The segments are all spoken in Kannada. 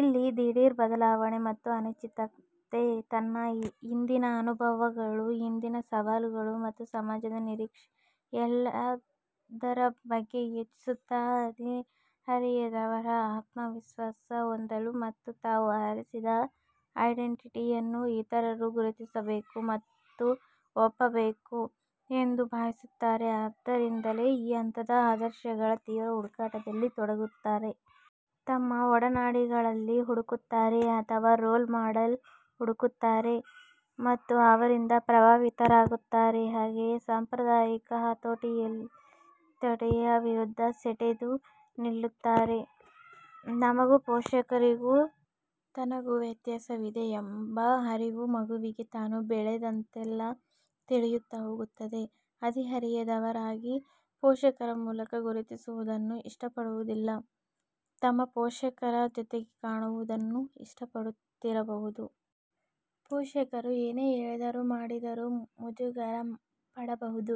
ಇಲ್ಲಿ ದಿಢೀರ್ ಬದಲಾವಣೆ ಮತ್ತು ಅನಿಶ್ಚಿತತೆ, ತನ್ನ ಹಿಂದಿನ ಅನುಭವಗಳು, ಇಂದಿನ ಸವಾಲುಗಳು ಮತ್ತು ಸಮಾಜದ ನಿರೀಕ್ಷೆ, ಎಲ್ಲದರ ಬಗ್ಗೆ ಯೋಚಿಸುತ್ತಾರೆ. ಹದಿಹರೆಯದವರು ಆತ್ಮವಿಶ್ವಾಸ ಹೊಂದಲು ಮತ್ತು ತಾವು ಆರಿಸಿದ ಐಡೆಂಟಿಟಿಯನ್ನು ಇತರರು ಗುರುತಿಸಬೇಕು ಮತ್ತು ಒಪ್ಪಬೇಕು ಎಂದು ಭಾವಿಸುತ್ತಾರೆ. ಆದ್ದರಿಂದಲೇ ಈ ಹಂತದಲ್ಲಿ ಆದರ್ಶಗಳ ತೀವ್ರ ಹುಡುಕಾಟದಲ್ಲಿ ತೊಡಗುತ್ತಾರೆ. ತಮ್ಮ ಒಡನಾಡಿಗಳಲ್ಲಿ ಹುಡುಕುತ್ತಾರೆ. ಅಥವಾ ರೋಲ್ ಮಾಡೆಲ್ ಹುಡುಕುತ್ತಾರೆ ಮತ್ತು ಅವರಿಂದ ಪ್ರಭಾವಿತರಾಗುತ್ತಾರೆ. ಹಾಗೆಯೇ ಸಾಂಪ್ರದಾಯಿಕ ಹತೋಟಿಯ ವಿರುದ್ಧ ಸೆಟೆದು ನಿಲ್ಲುತ್ತಾರೆ.. ತಮಗೂ ಪೋಷಕರಿಗೂ ತನಗೂ ವ್ಯತ್ಯಾಸವಿದೆ ಎಂಬ ಅರಿವು ಮಗುವಿಗೆ ತಾನು ಬೆಳೆದಂತೆಲ್ಲ ತಿಳಿಯುತ್ತಾ ಹೋಗುತ್ತದೆ. ಹದಿಹರೆಯದವರಾಗಿ ಪೋಷಕ ಮೂಲಕ ಗುರುತಿಸುವುದನ್ನು ಇಷ್ಟಪಡುವುದಿಲ್ಲ. ತಮ್ಮ ಪೋಷಕರ ಜೊತೆಗೆ ಕಾಣುವುದನ್ನೂ ಇಷ್ಟಪಡದಿರಬಹುದು. ಪೋಷಕರು ಏನೇ ಹೇಳಿದರೂ ಮಾಡಿದರೂ ಮುಜುಗರ ಪಡಬಹುದು.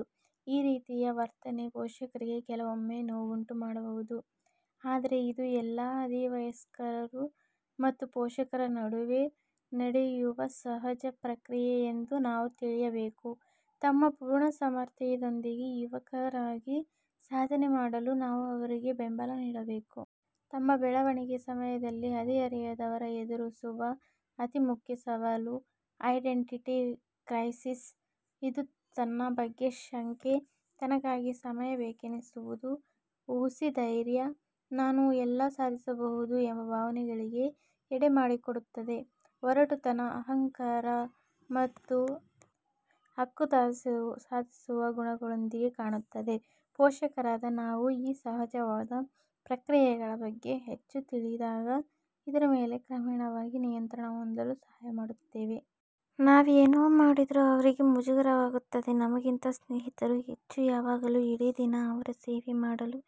ಈ ರೀತಿಯ ವರ್ತನೆ ಪೋಷಕರಿಗೆ ಕೆಲವೊಮ್ಮೆ ನೋವುಂಟು ಮಾಡಬಹುದು. ಆದರೆ ಇದು ಎಲ್ಲ ಹದಿವಯಸ್ಕರು ಮತ್ತು ಪೋಷಕರ ನಡುವೆ ನಡೆಯುವ ಸಹಜ ಪ್ರಕ್ರಿಯೆ ಎಂದು ನಾವು ತಿಳಿಯಬೇಕು. ತಮ್ಮ ಪೂರ್ಣ ಸಾಮರ್ಥ್ಯದೊಂದಿಗೆ ಯುವಕರಾಗಿ ಸಾಧನೆ ಮಾಡಲು ನಾವು ಅವರಿಗೆ ಬೆಂಬಲ ನೀಡಬೇಕು. ತಮ್ಮ ಬೆಳವಣಿಗೆ ಸಮಯದಲ್ಲಿ ಹದಿಹರೆಯದವರು ಎದುರಿಸುವ ಅತಿ ಮುಖ್ಯ ಸವಾಲು ಐಡೆಂಟಿಟಿ ಕ್ರೈಸಿಸ್. ಇದು ತನ್ನ ಬಗ್ಗೆ ಶಂಕೆ, ತನಗಾಗಿ ಸಮಯ ಬೇಕೆನಿಸುವುದು, ಹುಸಿಧೈರ್ಯ, ನಾನು ಎಲ್ಲ ಸಾಧಿಸಬಹುದು ಎಂಬ ಭಾವನೆಗಳಿಗೆ ಎಡೆಮಾಡಿಕೊಡುತ್ತದೆ. ಒರಟುತನ, ಅಹಂಕಾರ ಮತ್ತು ಹಕ್ಕುಸಾಧಿಸುವ ಗುಣಗಳೊಂದಿಗೆ ಕಾಣುತ್ತದೆ. ಪೋಷಕರಾದ ನಾವು ಈ ಸಹಜವಾದ ಪ್ರಕ್ರಿಯೆಗಳ ಬಗ್ಗೆ ಹೆಚ್ಚು ತಿಳಿದಾಗ, ಇದರ ಮೇಲೆ ಕ್ರಮೇಣವಾಗಿ ನಿಯಂತ್ರಣ ಹೊಂದಲು ಸಹಾಯ ಮಾಡುತ್ತೇವೆ. ನಾವೇ ಏನೇ ಮಾಡಿದರೂ ಅವರಿಗೆ ಮುಜುಗರವಾಗುತ್ತದೆ, ನಮಗಿಂತ ಸ್ನೇಹಿತರು ಹೆಚ್ಚು; ಯಾವಾಗಲೂ ಇಡೀ ದಿನ ಅವರ ಸೇವೆ ಮಾಡಲು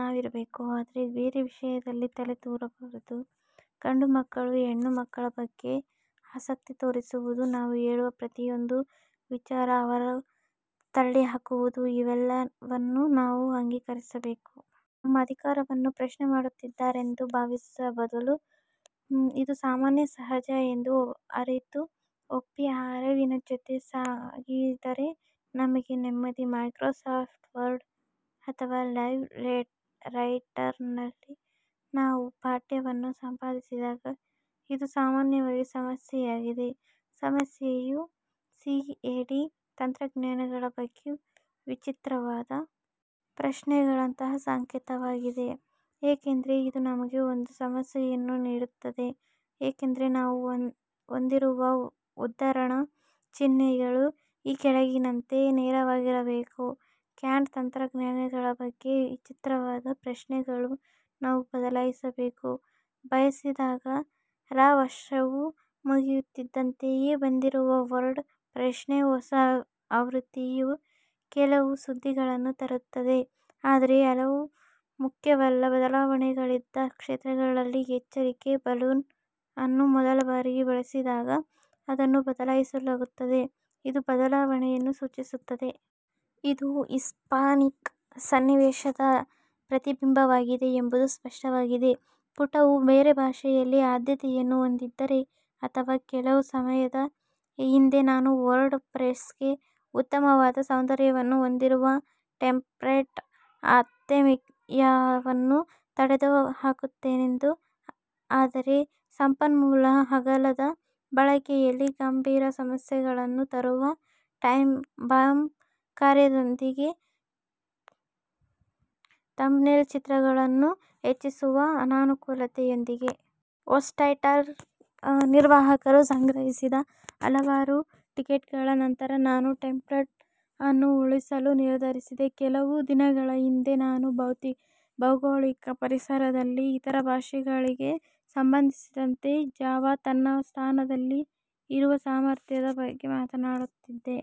ನಾವಿರಬೇಕು ಆದರೆ ಬೇರೆ ವಿಷಯದಲ್ಲಿ ತಲೆದೂರಬಾರದು, ಗಂಡು ಮಕ್ಕಳು ಹೆಣ್ಣು ಮಕ್ಕಳ ಬಗ್ಗೆ ಆಸಕ್ತಿ ತೋರಿಸುವುದು, ನಾವು ಹೇಳುವ ಪ್ರತಿಯೊಂದು ವಿಚಾರ ಅವರು ತಳ್ಳಿಹಾಕುವುದು, ಇವೆಲ್ಲವನ್ನು ನಾವು ಅಂಗೀಕರಿಸಬೇಕು. ನಮ್ಮ ಅಧಿಕಾರವನ್ನು ಪ್ರಶ್ನೆಮಾಡುತ್ತಿದ್ದಾರೆಂದು ಭಾವಿಸುವ ಬದಲು, ಇದು 'ಸಾಮಾನ್ಯ', 'ಸಹಜ' ಎಂದು ಅರಿತು, ಒಪ್ಪಿ, ಆ ಅರಿವಿನ ಜೊತೆ ಸಾಗಿದರೆ ನಮಗೇ ನೆಮ್ಮದಿ. ಮೈಕ್ರೋಸಾಫ್ಟ್ ವರ್ಡ್ ಅಥವಾ ಲೈವ್ ರೈಟರ್ನಲ್ಲಿ ನಾವು ಪಠ್ಯವನ್ನು ಸಂಪಾದಿಸಿದಾಗ ಇದು ಸಾಮಾನ್ಯವಾಗಿ ಸಮಸ್ಯೆಯಾಗಿದೆ. ಸಮಸ್ಯೆಯು ಸಿಎಡಿ ತಂತ್ರಜ್ಞಾನಗಳ ಬಗ್ಗೆ ವಿಚಿತ್ರವಾದ ಪ್ರಶ್ನೆಗಳಂತಹ ಸಂಕೇತವಾಗಿದೆ, ಏಕೆಂದರೆ ಇದು ನಮಗೆ ಒಂದು ಸಮಸ್ಯೆಯನ್ನು ನೀಡುತ್ತದೆ, ಏಕೆಂದರೆ ನಾವು ಹೊಂದಿರುವ ಉದ್ಧರಣ ಚಿಹ್ನೆಗಳು ಈ ಕೆಳಗಿನಂತೆ ನೇರವಾಗಿರಬೇಕು: ಕ್ಯಾಡ್ ತಂತ್ರಜ್ಞಾನಗಳ ಬಗ್ಗೆ ವಿಚಿತ್ರವಾದ ಪ್ರಶ್ನೆಗಳು ನಾವು ಬದಲಾಯಿಸಲು ಬಯಸಿದಾಗ ರ ವರ್ಷವು ಮುಗಿಯುತ್ತಿದ್ದಂತೆಯೇ ಬಂದಿರುವ ವರ್ಡ್ ಪ್ರೆಸ್ನ ಹೊಸ ಆವೃತ್ತಿಯು ಕೆಲವು ಸುದ್ದಿಗಳನ್ನು ತರುತ್ತದೆ, ಆದರೆ ಹಲವು ಮುಖ್ಯವಲ್ಲ: ಬದಲಾವಣೆಗಳಿದ್ದ ಕ್ಷೇತ್ರಗಳಲ್ಲಿ, ಎಚ್ಚರಿಕೆ ಬಲೂನ್ ಅನ್ನು ಮೊದಲ ಬಾರಿಗೆ ಬಳಸಿದಾಗ ಅದನ್ನು ಬದಲಾಯಿಸಲಾಗುತ್ತದೆ, ಇದು ಬದಲಾವಣೆಯನ್ನು ಸೂಚಿಸುತ್ತದೆ. ಇದು ಹಿಸ್ಪಾನಿಕ್ ಸನ್ನಿವೇಶದ ಪ್ರತಿಬಿಂಬವಾಗಿದೆ ಎಂಬುದು ಸ್ಪಷ್ಟವಾಗಿದೆ, ಪುಟವು ಬೇರೆ ಭಾಷೆಯಲ್ಲಿ ಆದ್ಯತೆಯನ್ನು ಹೊಂದಿದ್ದರೆ ಅಥವಾ ಕೆಲವು ಸಮಯದ ಹಿಂದೆ ನಾನು ವರ್ಡ್ ಪ್ರೆಸ್ಗೆ ಉತ್ತಮವಾದ ಸೌಂದರ್ಯವನ್ನು ಹೊಂದಿರುವ ಟೆಂಪ್ಲೆಟ್ ಆರ್ತೆಮಿಯಾವನ್ನು ತೊಡೆದುಹಾಕಿದ್ದೇನೆ ಆದರೆ ಸಂಪನ್ಮೂಲ ಅಗಲದ ಬಳಕೆಯಲ್ಲಿ ಗಂಭೀರ ಸಮಸ್ಯೆಗಳನ್ನು ತರುವ ಟೈಮ್ಟಂಬ್ ಕಾರ್ಯದೊಂದಿಗೆ ಥಂಬ್ನೇಲ್ ಚಿತ್ರಗಳನ್ನು ಹೆಚ್ಚಿಸುವ ಅನನುಕೂಲತೆಯೊಂದಿಗೆ. ಹೋಸ್ಟ್ಗೇಟರ್ ನಿರ್ವಾಹಕರು ಸಂಗ್ರಹಿಸಿದ ಹಲವಾರು ಟಿಕೆಟ್ಗಳ ನಂತರ ನಾನು ಟೆಂಪ್ಲೇಟ್ ಅನ್ನು ಉಳಿಸಲು ನಿರ್ಧರಿಸಿದೆ ಕೆಲವು ದಿನಗಳ ಹಿಂದೆ ನಾನು ಭೌಗೋಳಿಕ ಪರಿಸರದಲ್ಲಿ ಇತರ ಭಾಷೆಗಳಿಗೆ ಸಂಬಂಧಿಸಿದಂತೆ ಜಾವಾ ತನ್ನ ಸ್ಥಾನದಲ್ಲಿ ಇರುವ ಸಾಮರ್ಥ್ಯದ ಬಗ್ಗೆ ಮಾತನಾಡುತ್ತಿದ್ದೆ.